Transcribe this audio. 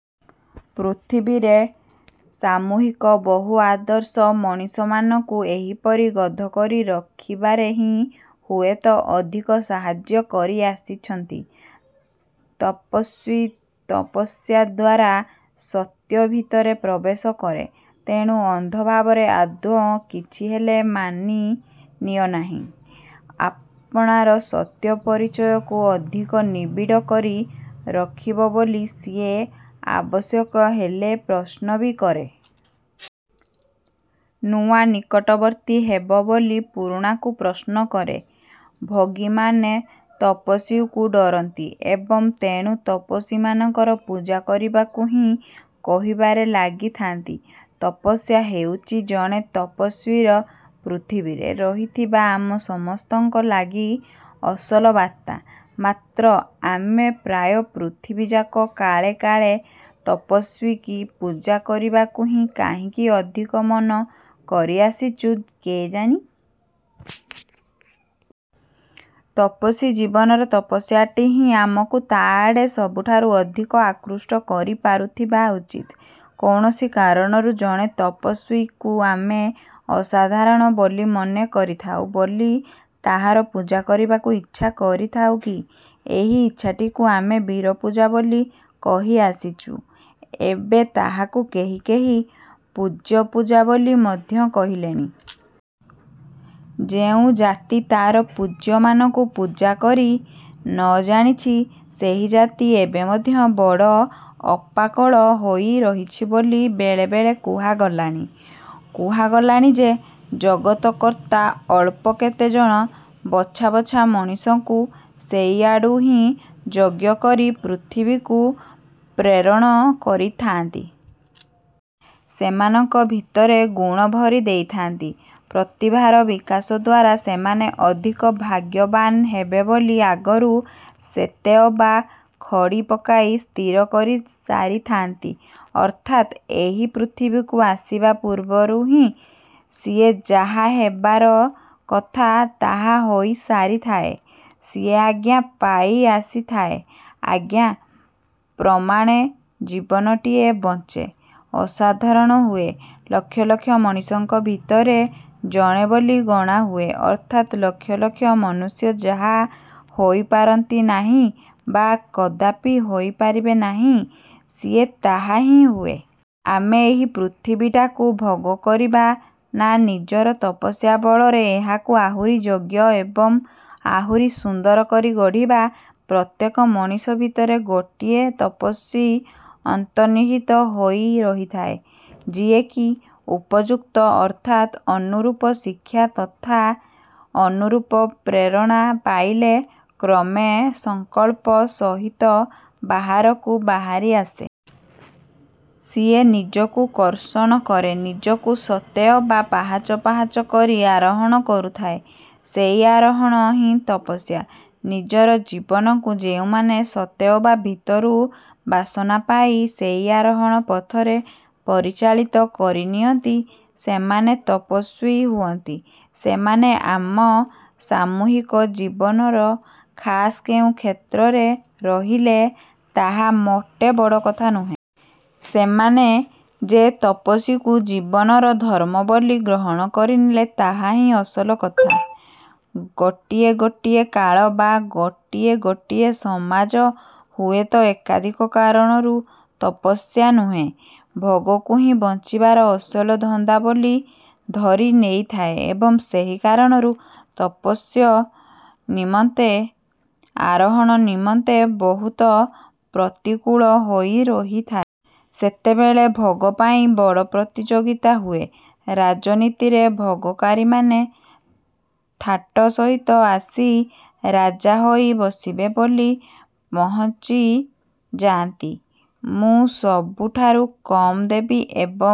ପୃଥିବୀରେ ସାମୂହିକ ବହୁ ଆଦର୍ଶ ମଣିଷମାନଙ୍କୁ ଏହିପରି ଗଧ କରି ରଖିବାରେ ହିଁ ହୁଏତ ଅଧିକ ସାହାଯ୍ୟ କରି ଆସିଛନ୍ତି। ତପସ୍ୱୀ ତପସ୍ୟା ଦ୍ୱାରା ସତ୍ୟ ଭିତରେ ପ୍ରବେଶ କରେ। ତେଣୁ ଅନ୍ଧ ଭାବରେ ଆଦୌ କିଛିହେଲେ ମାନି ନିଅ ନାହିଁ। ଆପଣାର ସତ୍ୟ ପରିଚୟକୁ ଅଧିକ ନିବିଡ଼ କରି ରଖିବ ବୋଲି ସିଏ ଆବଶ୍ୟକ ହେଲେ ପ୍ରଶ୍ନ ବି କରେ। ନୂଆ ନିକଟବର୍ତ୍ତୀ ହେବ ବୋଲି ପୁରୁଣାକୁ ପ୍ରଶ୍ନ କରେ। ଭୋଗୀମାନେ ତପସ୍ୱୀକୁ ଡ଼ରନ୍ତି ଏବଂ ତେଣୁ ତପସ୍ୱୀମାନଙ୍କର ପୂଜା କରିବାକୁ ହିଁ କହିବାରେ ଲାଗିଥାନ୍ତି। ତପସ୍ୟା ହେଉଛି ଜଣେ ତପସ୍ୱୀର ପୃଥିବୀରେ ରହିଥିବା ଆମ ସମସ୍ତଙ୍କ ଲାଗି ଅସଲ ବାର୍ତ୍ତା। ମାତ୍ର ଆମେ ପ୍ରାୟ ପୃଥିବୀଯାକ କାଳେ କାଳେ ତପସ୍ୱୀକୁ ପୂଜା କରିବାକୁ ହିଁ କାହିଁକି ଅଧିକ ମନ କରିଆସିଛୁ କେଜାଣି? ତପସ୍ୱୀ ଜୀବନର ତପସ୍ୟାଟି ହିଁ ଆମକୁ ତା ଆଡ଼େ ସବୁଠାରୁ ଅଧିକ ଆକୃଷ୍ଟ କରି ପାରୁଥିବା ଉଚିତ। କୌଣସି କାରଣରୁ ଜଣେ ତପସ୍ୱୀକୁ ଆମେ ଅସାଧାରଣ ବୋଲି ମନେ କରିଥାଉ ବୋଲି ତାହାର ପୂଜା କରିବାକୁ ଇଚ୍ଛା କରିଥାଉ କି? ଏହି ଇଚ୍ଛାଟିକୁ ଆମେ ବୀରପୂଜା ବୋଲି କହି ଆସିଛୁ, ଏବେ ତାହାକୁ କେହି କେହି ପୂଜ୍ୟପୂଜା ବୋଲି ମଧ୍ୟ କହିଲେଣି। ଯେଉଁ ଜାତି ତାର ପୂଜ୍ୟମାନଙ୍କୁ ପୂଜା କରି ନଜାଣିଛି, ସେହି ଜାତି ଏବେ ମଧ୍ୟ ବଡ଼ ଅପାକଳ ହୋଇ ରହିଛି ବୋଲି ବେଳେବେଳେ କୁହାଗଲାଣି। କୁହାଗଲାଣି ଯେ ଜଗତକର୍ତ୍ତା ଅଳ୍ପ କେତେଜଣ ବଛା ବଛା ମଣିଷଙ୍କୁ ସେଇଆଡୁ ହିଁ ଯୋଗ୍ୟ କରି ପୃଥିବୀକୁ ପ୍ରେରଣ କରିଥାଆନ୍ତି । ସେମାନଙ୍କ ଭିତରେ ଗୁଣ ଭରି ଦେଇଥାଆନ୍ତି, ପ୍ରତିଭାର ବିକାଶ ଦ୍ଵାରା ସେମାନେ ଅଧିକ ଭାଗ୍ୟବାନ ହେବେ ବୋଲି ଆଗରୁ ସେତେଅବା ଖଡ଼ି ପକାଇ ସ୍ଥିର କରି ସାରିଥାନ୍ତି। ଅର୍ଥାତ୍ ଏହି ପୃଥିବୀକୁ ଆସିବା ପୂର୍ବରୁ ହିଁ ସିଏ ଯାହା ହେବାର କଥା, ତାହା ହୋଇସାରିଥାଏ। ସିଏ ଆଜ୍ଞା ପାଇ ଆସିଥାଏ, ଆଜ୍ଞା ପ୍ରମାଣେ ଜୀବନଟିଏ ବଞ୍ଚେ, ଅସାଧାରଣ ହୁଏ, ଲକ୍ଷ ଲକ୍ଷ ମଣିଷଙ୍କ ଭିତରେ ଜଣେ ବୋଲି ଗଣାହୁଏ ଅର୍ଥାତ୍ ଲକ୍ଷ ଲକ୍ଷ ମନୁଷ୍ୟ ଯାହା ହୋଇପାରନ୍ତି ନାହିଁ ବା କଦାପି ହୋଇପାରିବେ ନାହିଁ, ସିଏ ତାହା ହିଁ ହୁଏ। ଆମେ ଏହି ପୃଥିବୀଟାକୁ ଭୋଗ କରିବା ନା ନିଜର ତପସ୍ୟା ବଳରେ ଏହାକୁ ଆହୁରି ଯୋଗ୍ୟ ଏବଂ ଆହୁରି ସୁନ୍ଦର କରି ଗଢ଼ିବା? ପ୍ରତ୍ୟେକ ମଣିଷ ଭିତରେ ଗୋଟିଏ ତପସ୍ଵୀ ଅନ୍ତର୍ନିହିତ ହୋଇ ରହିଥାଏ, ଯିଏକି ଉପଯୁକ୍ତ ଅର୍ଥାତ୍ ଅନୁରୂପ ଶିକ୍ଷା ତଥା ଅନୁରୂପ ପ୍ରେରଣା ପାଇଲେ କ୍ରମେ ସଂକଳ୍ପ ସହିତ ବାହାରକୁ ବାହାରି ଆସେ। ସିଏ ନିଜକୁ କର୍ଷଣ କରେ। ନିଜକୁ ସତେ ଅବା ପାହାଚ ପାହାଚ କରି ଆରୋହଣ କରୁଥାଏ। ସେହି ଆରୋହଣ ହିଁ ତପସ୍ୟା। ନିଜର ଜୀବନକୁ ଯେଉଁମାନେ ସତେ ଅବା ଭିତରୁ ବାସନା ପାଇ ସେହି ଆରୋହଣ ପଥରେ ପରିଚାଳିତ କରିନିଅନ୍ତି, ସେମାନେ ତପସ୍ୱୀ ହୁଅନ୍ତି। ସେମାନେ ଆମ ସାମୂହିକ ଜୀବନର ଖାସ୍ କେଉଁ କ୍ଷେତ୍ରରେ ରହିଲେ ତାହା ମୋଟେ ବଡ଼ କଥା ନୁହେଁ। ସେମାନେ ଯେ ତପସିକୁ ଜୀବନର ଧର୍ମ ବୋଲି ଗ୍ରହଣ କରିନେଲେ ତାହା ହିଁ ଅସଲ କଥା। ଗୋଟିଏ ଗୋଟିଏ କାଳ ବା ଗୋଟିଏ ଗୋଟିଏ ସମାଜ ହୁଏତ ଏକାଧିକ କାରଣରୁ ତପସ୍ୟା ନୁହେଁ, ଭୋଗକୁ ହିଁ ବଞ୍ଚିବାର ଅସଲ ଧନ୍ଦା ବୋଲି ଧରି ନେଇଥାଏ ଏବଂ ସେହି କାରଣରୁ ତପସ୍ୟ ନିମନ୍ତେ ଆରୋହଣ ନିମନ୍ତେ ବହୁତ ପ୍ରତିକୂଳ ହୋଇ ରହିଥାଏ। ସେତେବେଳେ ଭୋଗ ପାଇଁ ବଡ଼ ପ୍ରତିଯୋଗିତା ହୁଏ। ରାଜନୀତିରେ ଭୋଗକାରୀମାନେ ଥାଟ ସହିତ ଆସି ରାଜା ହୋଇ ବସିବେ ବୋଲି ପହଞ୍ଚି ଯାଆନ୍ତି। ମୁଁ ସବୁଠାରୁ କମ୍ ଦେବି ଏବଂ